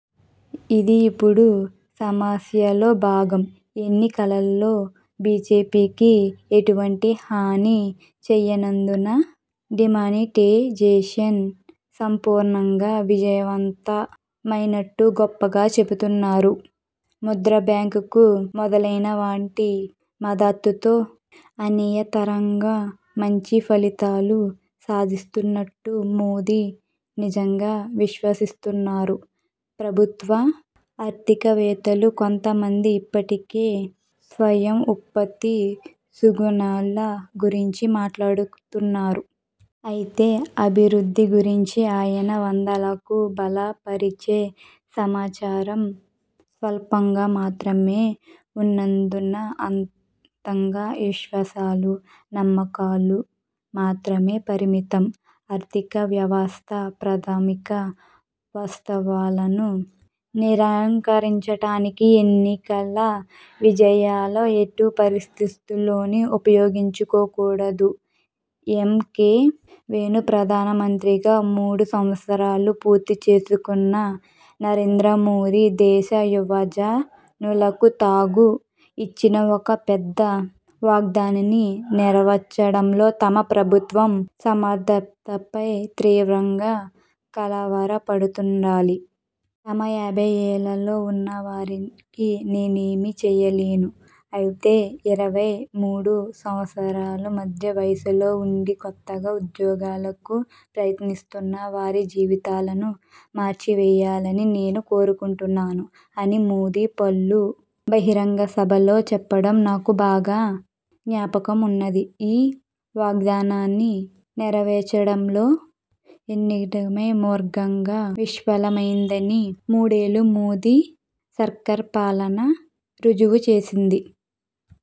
ఇది ఇప్పుడు సమస్యలో భాగం. ఎన్నికలలో బీజేపీకి ఎటువంటి హాని చేయనందున డీమానిటైజేషన్ సంపూర్ణంగా విజయవంతమయినట్టు గొప్పగా చెబుతున్నారు. ముద్రాబ్యాంకు మొదలైన వాటి మద్దతుతో అనియతరంగం మంచి ఫలితాలు సాధిస్తున్నుట్టు మోదీ నిజంగా విశ్వసిస్తున్నారు. ప్రభుత్వ ఆర్థికవేత్తలు కొంత మంది ఇప్పటికే స్వయం ఉపాధి సుగుణాల గురించి మాట్లాడుతున్నారు. అయితే అభివృద్ధి గురించి ఆయా వాదనలకు బలపరిచే సమాచారం స్వల్పంగా మాత్రమే వున్నందున అదంతా విశ్వాసాలు, నమ్మకాలకు మాత్రమే పరిమితం. ఆర్థిక వ్యవస్థ ప్రాథమిక వాస్తవాలను నిరాకరించడానికి ఎన్నికల విజయాలను ఎట్టి పరిస్థితులలోను ఉపయోగించుకోకూడదు. ఎమ్. కె. వేణుప్రధానమంత్రిగా మూడు సంవత్సరాలు పూర్తిచేసుకోనున్న నరేంద్రమోదీ దేశ యువజనులకు తాను ఇచ్చిన ఒక పెద్ద వాగ్దానాన్ని నెరవేర్చడంలో తమ ప్రభుత్వ అసమర్థతపై తీవ్రంగా కలవరపడుతుండాలి. 'తమ యాభైలలో వున్నవారికి నేనేమీ చేయలేను. అయితే ఇరవై–ముప్పై సంవత్సరాల మధ్య వయస్సులోవుండి కొత్తగా ఉద్యోగాలకు ప్రయత్నిస్తున్న వారి జీవితాలను మార్చివేయాలని నేను కోరుకుంటున్నాను' అని మోదీ పలు బహిరంగసభల్లో చెప్పడం నాకు బాగా జ్ఞాపకమున్నది. ఈ వాగ్దానాన్ని నెరవేర్చడంలో ఎన్డీఏ ఘోరంగా విఫలమయిందని మూడేళ్ళ మోదీ సర్కర్ పాలన రుజువుచేసింది.